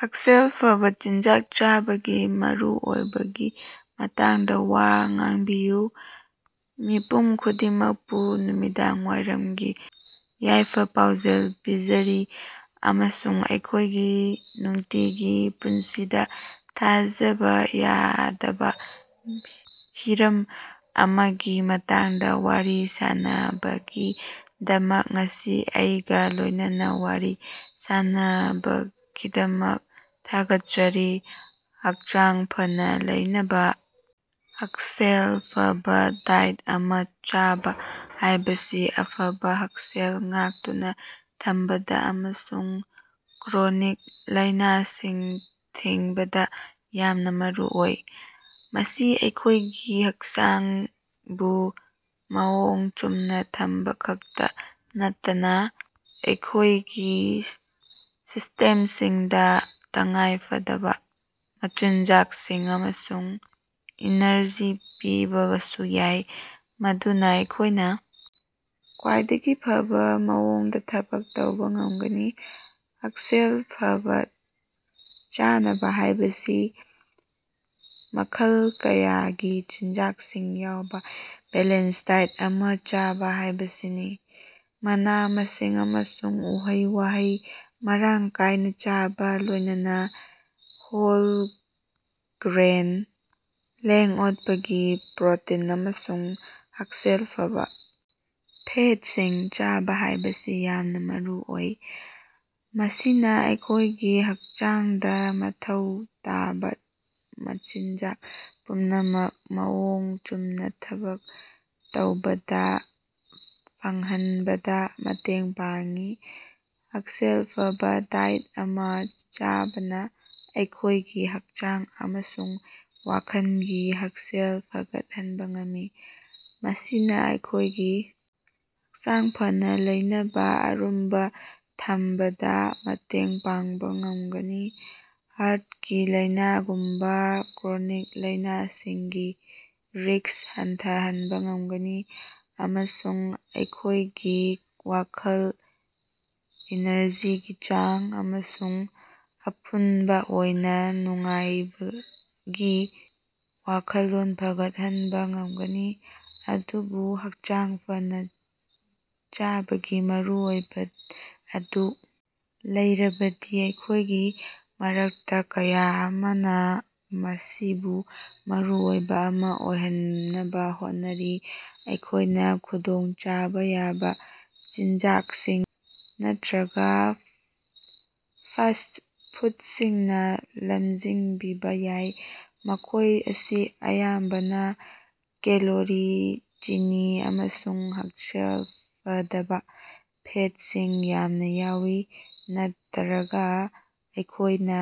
ꯍꯛꯁꯦꯜ ꯐꯕꯥ ꯆꯤꯟꯖꯥꯛ ꯆꯥꯕꯒꯤ ꯃꯔꯨꯑꯣꯏꯕꯒꯤ ꯃꯇꯥꯡꯗꯥ ꯋꯥ ꯉꯥꯡꯕꯤꯌꯨ꯫ ꯃꯤꯄꯨꯝ ꯈꯨꯗꯤꯡꯃꯛꯄꯨ ꯅꯨꯃꯤꯗꯥꯡꯋꯥꯏꯔꯝꯒꯤ ꯌꯥꯏꯐ-ꯄꯥꯎꯖꯦꯜ ꯄꯤꯖꯔꯤ, ꯑꯃꯁꯨꯡ ꯑꯩꯈꯣꯏꯒꯤ ꯅꯨꯡꯇꯤꯒꯤ ꯄꯨꯟꯁꯤꯗꯥ ꯊꯥꯖꯕꯥ ꯌꯥꯗꯕꯥ ꯍꯤꯔꯝ ꯑꯃꯒꯤ ꯃꯇꯥꯡꯗꯥ ꯋꯥꯔꯤ ꯁꯥꯟꯅꯕꯒꯤꯗꯃꯛ ꯉꯁꯤ ꯑꯩꯒꯥ ꯂꯣꯏꯅꯅ ꯋꯥꯔꯤ ꯁꯥꯟꯅꯕꯒꯤꯗꯃꯛ ꯊꯥꯒꯠꯆꯔꯤ: ꯍꯛꯆꯥꯡ ꯐꯅꯥ ꯂꯩꯅꯕꯥ꯫ ꯍꯛꯁꯦꯜ ꯐꯕꯥ ꯗꯥꯏꯠ ꯑꯃ ꯆꯥꯕ ꯍꯥꯏꯕꯁꯤ ꯑꯐꯕꯥ ꯍꯛꯁꯦꯜ ꯉꯥꯛꯇꯨꯅꯥ ꯊꯝꯕꯗꯥ ꯑꯃꯁꯨꯡ ꯀ꯭ꯔꯣꯅꯤꯛ ꯂꯥꯏꯅꯥꯁꯤꯡ ꯊꯤꯡꯕꯗꯥ ꯌꯥꯝꯅꯥ ꯃꯔꯨꯑꯣꯏ꯫ ꯃꯁꯤ ꯑꯩꯈꯣꯏꯒꯤ ꯍꯛꯆꯥꯡꯕꯨ ꯃꯑꯣꯡ ꯆꯨꯝꯅꯥ ꯊꯝꯕꯈꯛꯇꯗꯥ ꯅꯠꯇꯅꯥ ꯑꯩꯈꯣꯏꯒꯤ ꯁꯤꯁꯇꯦꯝꯁꯤꯡꯗꯥ ꯇꯉꯥꯏꯐꯗꯕꯥ ꯃꯆꯤꯟꯖꯥꯛꯁꯤꯡ ꯑꯃꯁꯨꯡ ꯏꯅꯔꯖꯤ ꯄꯤꯕꯁꯨ ꯌꯥꯏ, ꯃꯗꯨꯅꯥ ꯑꯩꯈꯣꯏꯅ ꯈ꯭ꯋꯥꯏꯗꯒꯤ ꯐꯕꯥ ꯃꯑꯣꯡꯗꯥ ꯊꯕꯛ ꯇꯧꯕꯥ ꯉꯝꯒꯅꯤ꯫ ꯍꯛꯁꯦꯜ ꯐꯕꯥ ꯆꯥꯅꯕ ꯍꯥꯏꯕꯁꯤ ꯃꯈꯜ ꯀꯌꯥꯒꯤ ꯆꯤꯟꯖꯥꯛꯁꯤꯡ ꯌꯥꯎꯕꯥ ꯕꯦꯂꯦꯟꯁ ꯗꯥꯏꯠ ꯑꯃ ꯆꯥꯕ ꯍꯥꯏꯕꯁꯤꯅꯤ꯫ ꯃꯅꯥ-ꯃꯁꯤꯡ ꯑꯃꯁꯨꯡ ꯎꯍꯩ-ꯋꯥꯍꯩ ꯃꯔꯥꯡ ꯀꯥꯏꯅ ꯆꯥꯕ, ꯂꯣꯏꯅꯅ ꯍꯣꯜ ꯒ꯭ꯔꯦꯟ, ꯂꯦꯡ-ꯑꯣꯠꯄꯒꯤ ꯄ꯭ꯔꯣꯇꯤꯟ ꯑꯃꯁꯨꯡ ꯍꯛꯁꯦꯜ ꯐꯕꯥ ꯐꯦꯠꯁꯤꯡ ꯆꯥꯕ ꯍꯥꯏꯕꯁꯤ ꯌꯥꯝꯅ ꯃꯔꯨꯑꯣꯏ꯫ ꯃꯁꯤꯅꯥ ꯑꯩꯈꯣꯏꯒꯤ ꯍꯛꯆꯥꯡꯗꯥ ꯃꯊꯧ ꯇꯥꯕ ꯃꯆꯤꯟꯖꯥꯛ ꯄꯨꯝꯅꯃꯛ ꯃꯑꯣꯡ ꯆꯨꯝꯅꯥ ꯊꯕꯛ ꯇꯧꯕꯗꯥ ꯐꯪꯍꯟꯕꯗ ꯃꯇꯦꯡ ꯄꯥꯡꯏ꯫ ꯍꯛꯁꯦꯜ ꯐꯕꯥ ꯗꯥꯏꯠ ꯑꯃ ꯆꯥꯕꯅ ꯑꯩꯈꯣꯏꯒꯤ ꯍꯛꯆꯥꯡ ꯑꯃꯁꯨꯡ ꯋꯥꯈꯜꯒꯤ ꯍꯛꯁꯦꯜ ꯐꯒꯠꯍꯟꯕꯥ ꯉꯝꯃꯤ꯫ ꯃꯁꯤꯅꯥ ꯑꯩꯈꯣꯏꯒꯤ ꯍꯛꯆꯥꯡ ꯐꯅꯥ ꯂꯩꯅꯕꯥ ꯑꯔꯨꯝꯕꯥ ꯊꯝꯕꯗꯥ ꯃꯇꯦꯡ ꯄꯥꯡꯕꯥ ꯉꯝꯒꯅꯤ, ꯍꯥꯔꯠꯀꯤ ꯂꯥꯏꯅꯥꯒꯨꯝꯕꯥ ꯀ꯭ꯔꯣꯅꯤꯛ ꯂꯥꯏꯅꯥꯁꯤꯡꯒꯤ ꯔꯤꯛꯁ ꯍꯟꯊꯍꯟꯕꯥ ꯉꯝꯒꯅꯤ, ꯑꯃꯁꯨꯡ ꯑꯩꯈꯣꯏꯒꯤ ꯋꯥꯈꯜ, ꯏꯅꯔꯖꯤꯒꯤ ꯆꯥꯡ, ꯑꯃꯁꯨꯡ ꯑꯄꯨꯟꯕ ꯑꯣꯏꯅꯥ ꯅꯨꯡꯉꯥꯏꯕꯒꯤ ꯋꯥꯈꯜꯂꯣꯟ ꯐꯒꯠꯍꯟꯕꯥ ꯉꯝꯒꯅꯤ꯫ ꯑꯗꯨꯕꯨ ꯍꯛꯆꯥꯡ ꯐꯅꯥ ꯆꯥꯕꯒꯤ ꯃꯔꯨꯑꯣꯏꯕ ꯑꯗꯨ ꯂꯩꯔꯕꯁꯨ ꯑꯩꯈꯣꯏꯒꯤ ꯃꯔꯛꯇ ꯀꯌꯥ ꯑꯃꯅ ꯃꯁꯤꯕꯨ ꯃꯔꯨ ꯑꯣꯏꯕ ꯑꯃ ꯑꯣꯏꯍꯟꯅꯕ ꯍꯣꯠꯅꯔꯤ꯫ ꯑꯩꯈꯣꯏꯅ ꯈꯨꯗꯣꯡꯆꯥꯕꯥ ꯌꯥꯕ ꯆꯤꯟꯖꯥꯛꯁꯤꯡ ꯅꯠꯇ꯭ꯔꯒꯥ ꯐꯥꯁꯠ ꯐꯨꯠꯁꯤꯡꯅꯥ ꯂꯝꯖꯤꯡꯕꯤꯕꯥ ꯌꯥꯏ, ꯃꯈꯣꯏ ꯑꯁꯤ ꯑꯌꯥꯝꯕꯅ ꯀꯦꯂꯣꯔꯤ, ꯆꯤꯅꯤ ꯑꯃꯁꯨꯡ ꯍꯛꯁꯦꯜ ꯐꯗꯕꯥ ꯐꯦꯠꯁꯤꯡ ꯌꯥꯝꯅ ꯌꯥꯎꯏ꯫ ꯅꯠꯇꯔꯒꯥ ꯑꯩꯈꯣꯏꯅ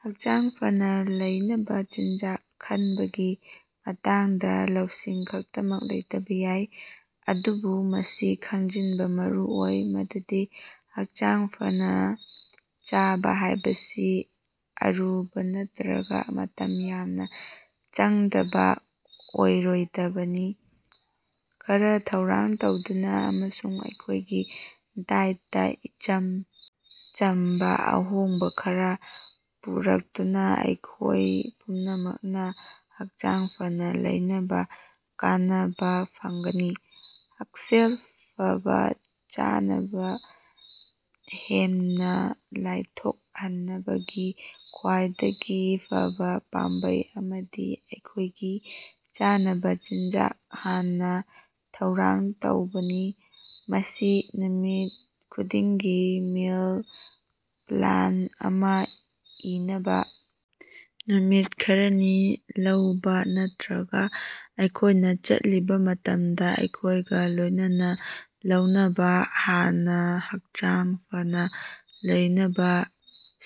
ꯍꯛꯆꯥꯡ ꯐꯅꯥ ꯂꯩꯅꯕꯥ ꯆꯤꯟꯖꯥꯛ ꯈꯟꯕꯒꯤ ꯃꯇꯥꯡꯗ ꯂꯧꯁꯤꯡ ꯈꯛꯇꯃꯛ ꯂꯩꯇꯕꯥ ꯌꯥꯏ꯫ ꯑꯗꯨꯕꯨ ꯃꯁꯤ ꯈꯪꯖꯤꯟꯕꯥ ꯃꯔꯨ ꯑꯣꯏ ꯃꯗꯨꯗꯤ ꯍꯛꯆꯥꯡ ꯐꯅꯥ ꯆꯥꯕꯥ ꯍꯥꯏꯕꯁꯤ ꯑꯔꯨꯕꯥ ꯅꯠꯇ꯭ꯔꯒꯥ ꯃꯇꯝ ꯌꯥꯝꯅ ꯆꯪꯗꯕ ꯑꯣꯏꯔꯣꯏꯗꯕꯅꯤ꯫ ꯈꯔ ꯊꯧꯔꯥꯡ ꯇꯧꯗꯨꯅꯥ ꯑꯃꯁꯨꯡ ꯑꯩꯈꯣꯏꯒꯤ ꯗꯥꯏꯠꯇꯥ ꯏꯆꯝ ꯆꯝꯕꯥ ꯑꯍꯣꯡꯕꯥ ꯈꯔ ꯄꯨꯔꯛꯇꯨꯅꯥ ꯑꯩꯈꯣꯏ ꯄꯨꯝꯅꯃꯛꯅ ꯍꯛꯆꯥꯡ ꯐꯅꯥ ꯂꯩꯅꯕꯥ ꯀꯥꯟꯅꯕ ꯐꯪꯒꯅꯤ꯫ ꯍꯛꯁꯦꯜ ꯐꯕꯥ ꯆꯥꯅꯕ ꯍꯦꯟꯅꯥ ꯂꯥꯏꯊꯣꯛꯍꯟꯅꯕꯒꯤ ꯈ꯭ꯋꯥꯏꯗꯒꯤ ꯐꯕꯥ ꯄꯥꯝꯕꯩ ꯑꯃꯗꯤ ꯑꯩꯈꯣꯏꯒꯤ ꯆꯥꯅꯕꯥ ꯆꯤꯟꯖꯥꯛ ꯍꯥꯟꯅ ꯊꯧꯔꯥꯡ ꯇꯧꯕꯅꯤ꯫ ꯃꯁꯤ ꯅꯨꯃꯤꯠ ꯈꯨꯗꯤꯡꯒꯤ ꯃꯤꯜ ꯄ꯭ꯂꯥꯟ ꯑꯃ ꯏꯅꯕꯥ ꯃꯤꯅꯤꯠ ꯈꯔꯅꯤ ꯂꯧꯕꯥ, ꯅꯠꯇ꯭ꯔꯒꯥ ꯑꯩꯈꯣꯏꯅ ꯆꯠꯂꯤꯕ ꯃꯇꯝꯗ ꯑꯩꯈꯣꯏꯒ ꯂꯣꯏꯅꯅ ꯂꯧꯅꯕꯥ ꯍꯥꯟꯅꯥ ꯍꯛꯆꯥꯡ ꯐꯅꯥ ꯂꯩꯅꯕꯥ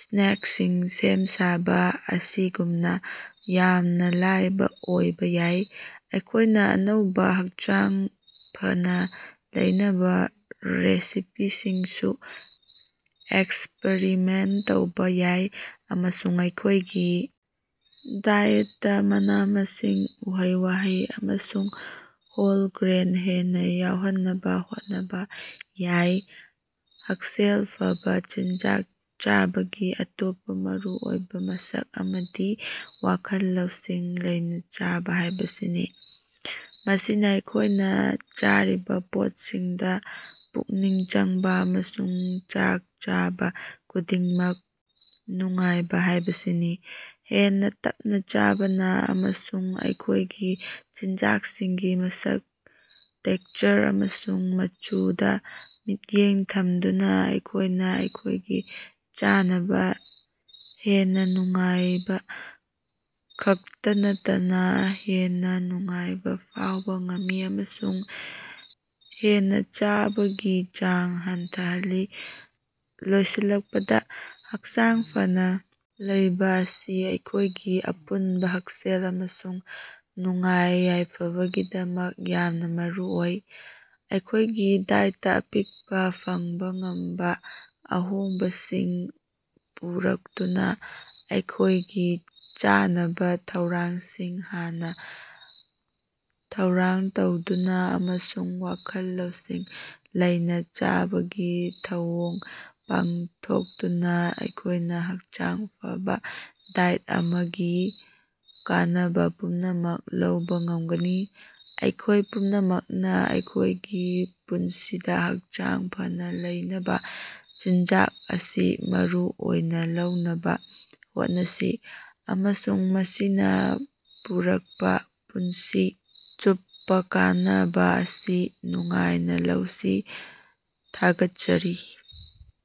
ꯁ꯭ꯅꯦꯛꯁꯤꯡ ꯁꯦꯝ ꯁꯥꯕꯥ ꯑꯁꯤꯒꯨꯝꯅꯥ ꯌꯥꯝꯅꯥ ꯂꯥꯏꯕꯥ ꯑꯣꯏꯕꯥ ꯌꯥꯏ꯫ ꯑꯩꯈꯣꯏꯅ ꯑꯅꯧꯕꯥ, ꯍꯛꯆꯥꯡ ꯐꯅꯥ ꯂꯩꯅꯕꯥ ꯔꯦꯁꯤꯄꯤꯁꯤꯡꯁꯨ ꯑꯦꯛꯁꯄꯔꯤꯃꯦꯟ ꯇꯧꯕꯥ ꯌꯥꯏ ꯑꯃꯁꯨꯡ ꯑꯩꯈꯣꯏꯒꯤ ꯗꯥꯏꯠꯇꯥ ꯃꯅꯥ-ꯃꯁꯤꯡ, ꯎꯍꯩ-ꯋꯥꯍꯩ ꯑꯃꯁꯨꯡ ꯍꯣꯜ ꯒ꯭ꯔꯦꯟ ꯍꯦꯟꯅꯥ ꯌꯥꯎꯍꯟꯅꯕꯥ ꯍꯣꯠꯅꯕꯥ ꯌꯥꯏ꯫ ꯍꯛꯁꯦꯜ ꯐꯕꯥ ꯆꯤꯟꯖꯥꯛ ꯆꯥꯕꯒꯤ ꯑꯇꯣꯞꯄꯥ ꯃꯔꯨꯑꯣꯏꯕꯥ ꯃꯁꯛ ꯑꯃꯗꯤ ꯋꯥꯈꯜ ꯂꯧꯁꯤꯡ ꯂꯩꯅꯥ ꯆꯥꯕ ꯍꯥꯏꯕꯁꯤꯅꯤ꯫ ꯃꯁꯤꯅꯥ ꯑꯩꯈꯣꯏꯅ ꯆꯥꯔꯤꯕꯥ ꯄꯣꯠꯁꯤꯡꯗꯥ ꯄꯨꯛꯅꯤꯡ ꯆꯪꯕꯥ, ꯑꯃꯁꯨꯡ ꯆꯥꯛ ꯆꯥꯕꯥ ꯈꯨꯗꯤꯡꯃꯛ ꯅꯨꯡꯉꯥꯏꯕꯥ ꯍꯥꯏꯕꯁꯤꯅꯤ꯫ ꯍꯦꯟꯅꯥ ꯇꯞꯅꯥ ꯆꯥꯕꯅꯥ, ꯑꯃꯁꯨꯡ ꯑꯩꯈꯣꯏꯒꯤ ꯆꯤꯟꯖꯥꯛꯁꯤꯡꯒꯤ ꯃꯁꯛ, ꯇꯦꯛꯆꯔ ꯑꯃꯁꯨꯡ ꯃꯆꯨꯗꯥ ꯃꯤꯠꯌꯦꯡ ꯊꯝꯗꯨꯅꯥ ꯑꯩꯈꯣꯏꯅ ꯑꯩꯈꯣꯏꯒꯤ ꯆꯥꯅꯕꯥ ꯍꯦꯟꯅꯥ ꯅꯨꯡꯉꯥꯏꯕꯥ ꯈꯛꯇꯥ ꯅꯠꯇꯅꯥ ꯍꯦꯟꯅꯥ ꯅꯨꯡꯉꯥꯏꯕꯥ ꯐꯥꯎꯕ ꯉꯝꯃꯤ ꯑꯃꯁꯨꯡ ꯍꯦꯟꯅꯥ ꯆꯥꯕꯒꯤ ꯆꯥꯡ ꯍꯟꯊꯍꯜꯂꯤ꯫ ꯂꯣꯏꯁꯤꯜꯂꯛꯄꯗꯥ, ꯍꯛꯆꯥꯡ ꯐꯅꯥ ꯂꯩꯕꯥ ꯑꯁꯤ ꯑꯩꯈꯣꯏꯒꯤ ꯑꯄꯨꯟꯕꯥ ꯍꯛꯁꯦꯜ ꯑꯃꯁꯨꯡ ꯅꯨꯡꯉꯥꯏ-ꯌꯥꯏꯐꯕꯒꯤꯗꯃꯛ ꯌꯥꯝꯅꯥ ꯃꯔꯨꯑꯣꯏ꯫ ꯑꯩꯈꯣꯏꯒꯤ ꯗꯥꯏꯠꯇꯥ ꯑꯄꯤꯛꯄꯥ, ꯐꯪꯕꯥ ꯉꯝꯕꯥ ꯑꯍꯣꯡꯕꯁꯤꯡ ꯄꯨꯔꯛꯇꯨꯅꯥ, ꯑꯩꯈꯣꯏꯒꯤ ꯆꯥꯅꯕꯥ ꯊꯧꯔꯥꯡꯁꯤꯡ ꯍꯥꯟꯅꯥ ꯊꯧꯔꯥꯡ ꯇꯧꯗꯨꯅꯥ, ꯑꯃꯁꯨꯡ ꯋꯥꯈꯜ ꯂꯧꯁꯤꯡ ꯂꯩꯅꯥ ꯆꯥꯕꯒꯤ ꯊꯧꯑꯣꯡ ꯄꯥꯡꯊꯣꯛꯇꯨꯅꯥ ꯑꯩꯈꯣꯏꯅ ꯍꯛꯆꯥꯡ ꯐꯕꯥ ꯗꯥꯏꯠ ꯑꯃꯒꯤ ꯀꯥꯟꯅꯕꯥ ꯄꯨꯝꯅꯃꯛ ꯂꯧꯕꯥ ꯉꯝꯒꯅꯤ꯫ ꯑꯩꯈꯣꯏ ꯄꯨꯝꯅꯃꯛꯅꯥ ꯑꯩꯈꯣꯏꯒꯤ ꯄꯨꯟꯁꯤꯗꯥ ꯍꯛꯆꯥꯡ ꯐꯅꯥ ꯂꯩꯅꯕꯥ ꯆꯤꯟꯖꯥꯛ ꯑꯁꯤ ꯃꯔꯨ ꯑꯣꯏꯅꯥ ꯂꯧꯅꯕꯥ ꯍꯣꯠꯅꯁꯤ, ꯑꯃꯁꯨꯡ ꯃꯁꯤꯅꯥ ꯄꯨꯔꯛꯄꯥ ꯄꯨꯟꯁꯤ ꯆꯨꯞꯄꯥ ꯀꯥꯟꯅꯕꯥ ꯑꯁꯤ ꯅꯨꯡꯉꯥꯏꯅꯥ ꯂꯧꯁꯤ꯫ ꯊꯥꯒꯠꯆꯔꯤ.